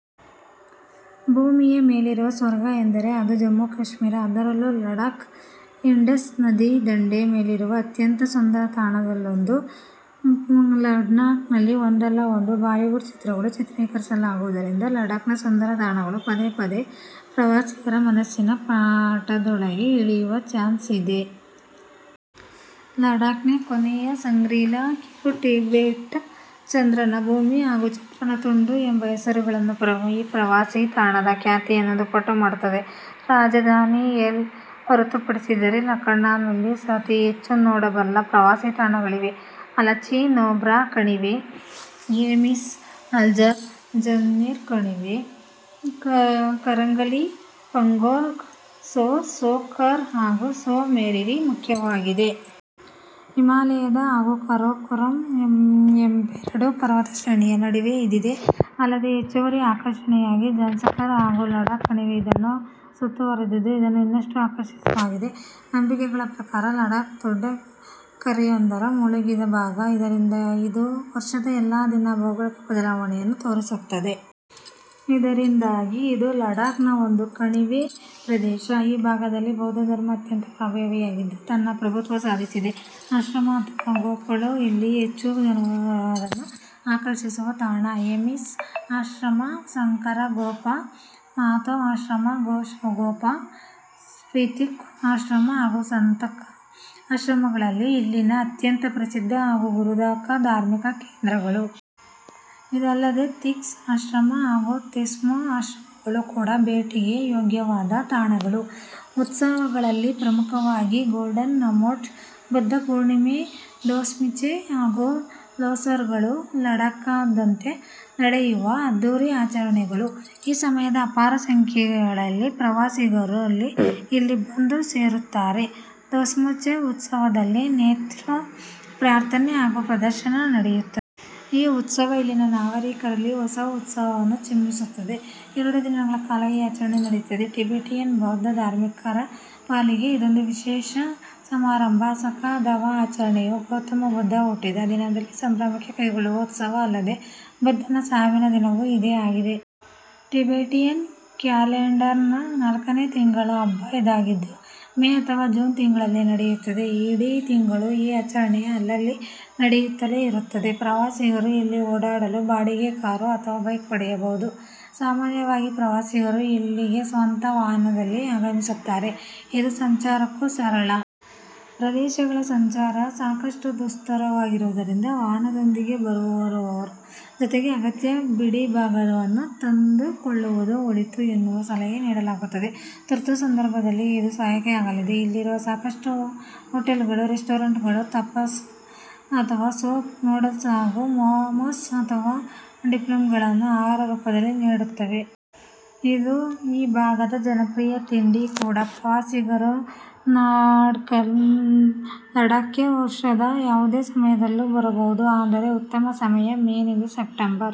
ಭೂಮಿ ಯ ಮೇಲಿರುವ ಸ್ವರ್ಗ ಎಂದರೆ ಅದು ಜಮ್ಮು ಕಾಶ್ಮೀರ. ಅದರಲ್ಲೂ ಲಡಾಖ್ ಇಂಡಸ್ ನದಿ ದಂಡೆಯ ಮೇಲಿರುವ ಅತ್ಯಂತ ಸುಂದರ ತಾಣಗಲ್ಲೊಂದು. ಲಡಾಖ್ನಲ್ಲಿ ಒಂದಲ್ಲ ಒಂದು ಬಾಲಿವುಡ್ ಚಿತ್ರಗಳು ಚಿತ್ರೀಕರಣವಾಗುವುದರಿಂದ ಲಡಾಖ್ನ ಸುಂದರ ತಾಣಗಳು ಪದೇ ಪದೇ ಪ್ರವಾಸಿಗರ ಮನಸ್ಸಿನ ಪಟದೊಳಗೆ ಇಳಿಯುವ ಚಾನ್ಸೇ ಜಾಸ್ತಿ. ಲಡಾಖ್ಗೆ 'ಕೊನೆಯ ಸಂಗ್ರೀಲಾ', 'ಕಿರು ಟಿಬೆಟ್', 'ಚಂದ್ರನ ಭೂಮಿ' ಹಾಗೂ 'ಚಂದ್ರನ ತುಂಡು' ಎಂಬ ಹೆಸರುಗಳು ಈ ಪ್ರವಾಸಿ ತಾಣದ ಖ್ಯಾತಿಯನ್ನು ದುಪ್ಪಟ್ಟು ಮಾಡುತ್ತದೆ. ರಾಜಧಾನಿ ಲೇಹ್ ಹೊರತುಪಡಿಸಿದರೆ ಲಡಾಖ್ನಲ್ಲಿ ಅತೀ ಹೆಚ್ಚು ನೋಡಬಲ್ಲ ಪ್ರವಾಸಿ ತಾಣಗಳಿವೆ. ಅಲಚಿ, ನೂಬ್ರಾ ಕಣಿವೆ, ಹೇಮಿಸ್, ಲಮ್ಯಾರು, ಜನ್ಸ್ಕರ್ ಕಣಿವೆ, ಕರಂಗಲಿ, ಪಂಗೊಂಗ್ ಸೊ, ಸೋ ಕಾರ್ ಹಾಗೂ ಸೊ ಮೋರಿರಿ ಮುಖ್ಯವಾಗಿದೆ. ಹಿಮಾಲಯ ಹಾಗೂ ಕಾರಾಕೋರಂ ಎಂಬೆರಡು ಪರ್ವತ ಶ್ರೇಣಿಗಳ ನಡುವೆ ಇದಿದೆ. ಅಲ್ಲದೇ ಹೆಚ್ಚುವರಿ ಆಕರ್ಷಣೆಯಾಗಿ ಜನ್ಸಕರ್ ಹಾಗೂ ಲಡಾಖ್ ಕಣಿವೆಗಳು ಇದನ್ನು ಸುತ್ತಿವರಿದಿದ್ದು ಇದನ್ನು ಇನ್ನಷ್ಟು ಆಕರ್ಷಕವಾಗಿಸಿದೆ. ನಂಬಿಕೆಗಳ ಪ್ರಕಾರ, ಲಡಾಖ್ ದೊಡ್ಡ ಕೆರೆಯೊಂದರ ಮುಳುಗಿದ ಭಾಗ. ಇದರಿಂದ ಇದು ವರ್ಷದ ಎಲ್ಲಾ ದಿನ ಭೌಗೋಳಿಕ ಬದಲಾವಣೆಯನ್ನು ತೋರಿಸುತ್ತದೆ. ಇದರಿಂದಾಗಿ ಇದು ಲಡಾಖ್ ಒಂದು ಕಣಿವೆ ಪ್ರದೇಶ. ಈ ಭಾಗದಲ್ಲಿ ಬೌದ್ಧ ಧರ್ಮ ಅತ್ಯಂತ ಪ್ರಭಾವಿಯಾಗಿದ್ದು, ತನ್ನ ಪ್ರಭುತ್ವ ಸಾಧಿಸಿದೆ. ಆಶ್ರಮ ಅಥವಾ ಗೋಂಪ್ಗಳು ಇಲ್ಲಿ ಹೆಚ್ಚು ಜನರನ್ನು ಆಕರ್ಷಿಸುವ ತಾಣ. ಹೇಮಿಸ್ ಆಶ್ರಮ, ಸಂಕರ ಗೋಂಪಾ, ಮಾಥೂ ಆಶ್ರಮ, ಶೇ ಗೋಂಪಾ, ಸ್ಪಿತುಕ್ ಆಶ್ರಮ ಹಾಗೂ ಸತಂಕ ಆಶ್ರಮಗಳು ಇಲ್ಲಿನ ಅತ್ಯಂತ ಪ್ರಸಿದ್ಧ ಹಾಗೂ ಗುರುತಾದ ಧಾರ್ಮಿಕ ಕೇಂದ್ರಗಳು. ಇವಲ್ಲದೇ ತಿಕ್ಸೆ ಆಶ್ರಮ ಹಾಗೂ ತೆಸ್ಮೋ ಆಶ್ರಮಗಳು ಕೂಡ ಭೇಟಿಗೆ ಯೋಗ್ಯವಾದ ತಾಣಗಳು. ಉತ್ಸವಗಳಲ್ಲಿ ಪ್ರಮುಖವಾಗಿ ಗಾಲ್ಡನ್ ನಮ್ಚೋಟ್, ಬುದ್ಧ ಪೂರ್ಣಿಮೆ, ದೋಸ್ಮೋಚೇ ಹಾಗೂ ಲೋಸಾರ್ಗಳು ಲಡಾಖ್ನಾದ್ಯಂತ ನಡೆಯುವ ಅದ್ದೂರಿ ಆಚರಣೆಗಳು. ಈ ಸಮಯದಲ್ಲಿ ಅಪಾರ ಸಂಖ್ಯೆಯಲ್ಲಿ ಪ್ರವಾಸಿಗರೂ ಇಲ್ಲಿ ಬಂದು ಸೇರುತ್ತಾರೆ. ದೋಸ್ಮೋಚೇ ಉತ್ಸವದಲ್ಲಿ ನೃತ್ಯ, ಪ್ರಾರ್ಥನೆ ಹಾಗೂ ಪ್ರದರ್ಶನ ನಡೆಯುತ್ತದೆ. ಈ ಉತ್ಸವ ಇಲ್ಲಿನ ನಾಗರಿಕರಲ್ಲಿ ಹೊಸ ಉತ್ಸಾಹವನ್ನು ಚಿಮ್ಮಿಸುತ್ತದೆ. ಎರಡು ದಿನಗಳ ಕಾಲ ಈ ಆಚರಣೆ ನಡೆಯುತ್ತದೆ. ಟಿಬೇಟಿಯನ್ ಬೌದ್ಧ ಧರ್ಮೀಯರ ಪಾಲಿಗೆ ಇದೊಂದು ವಿಶೇಷ ಸಮಾರಂಭ. ಸಖಾ ದವಾ ಆಚರಣೆಯು ಗೌತಮ ಬುದ್ಧ ಹುಟ್ಟಿದ ದಿನದ ಸಂಭ್ರಮಕ್ಕೆ ಕೈಗೊಳ್ಳುವ ಉತ್ಸವ. ಅಲ್ಲದೇ ಬುದ್ಧನ ಸಾವಿನ ದಿನವೂ ಇದೇ ಆಗಿದೆ. ಟಿಬೇಟಿಯನ್ ಕ್ಯಾಲೆಂಡರ್ನ ನಾಲ್ಕನೇ ತಿಂಗಳ ಹಬ್ಬ ಇದಾಗಿದ್ದು, ಮೇ ಅಥವಾ ಜೂನ್ ತಿಂಗಳಲ್ಲಿ ನಡೆಯುತ್ತದೆ. ಇಡೀ ತಿಂಗಳು ಈ ಆಚರಣೆ ಅಲ್ಲಲ್ಲಿ ನಡೆಯುತ್ತಲೇ ಇರುತ್ತದೆ. ಪ್ರವಾಸಿಗರು ಇಲ್ಲಿ ಓಡಾಡಲು ಬಾಡಿಗೆ ಕಾರು ಅಥವಾ ಬೈಕ್ ಪಡೆಯಬಹುದು. ಸಾಮಾನ್ಯವಾಗಿ ಪ್ರವಾಸಿಗರು ಇಲ್ಲಿಗೆ ಸ್ವಂತ ವಾಹನದಲ್ಲಿ ಆಗಮಿಸುತ್ತಾರೆ. ಇದು ಸಂಚಾರಕ್ಕೂ ಸರಳ. ಪ್ರದೇಶದಲ್ಲಿ ಸಂಚಾರ ಸಾಕಷ್ಟು ದುಸ್ತರವಾಗಿರುವುದರಿಂದ ವಾಹನದೊಂದಿಗೆ ಬರುವವರು ಜತೆಗೆ ಅಗತ್ಯ ಬಿಡಿಭಾಗವನ್ನೂ ತಂದುಕೊಳ್ಳುವುದು ಒಳಿತು ಎನ್ನುವ ಸಲಹೆ ನೀಡಲಾಗುತ್ತದೆ. ತುರ್ತು ಸಂದರ್ಭದಲ್ಲಿ ಇದು ಸಹಾಯಕ್ಕೆ ಆಗುತ್ತದೆ. ಇಲ್ಲಿರುವ ಸಾಕಷ್ಟು ಹೋಟೆಲ್ಗಳು, ರೆಸ್ಟೊರೆಂಟ್ಗಳು ತುಪ್ಕಾಸ್ ಅಥವಾ ಸೂಪ್ ನೂಡಲ್ಸ್ ಹಾಗೂ ಮೋಮೊಸ್ ಅಥವಾ ಡುಪ್ಲಿಂಗ್ಗಳನ್ನು ಆಹಾರ ರೂಪದಲ್ಲಿ ನೀಡುತ್ತವೆ. ಇದು ಈ ಭಾಗದ ಜನಪ್ರಿಯ ತಿಂಡಿ ಕೂಡ. ಪ್ರವಾಸಿಗರು ಲಡಾಖ್ಗೆ ವರ್ಷದ ಯಾವುದೇ ಸಮಯದಲ್ಲಿಯೂ ಬರಬಹುದು. ಆದರೆ ಉತ್ತಮ ಸಮಯ, ಮೇ ನಿಂದ ಸೆಪ್ಟೆಂಬರ್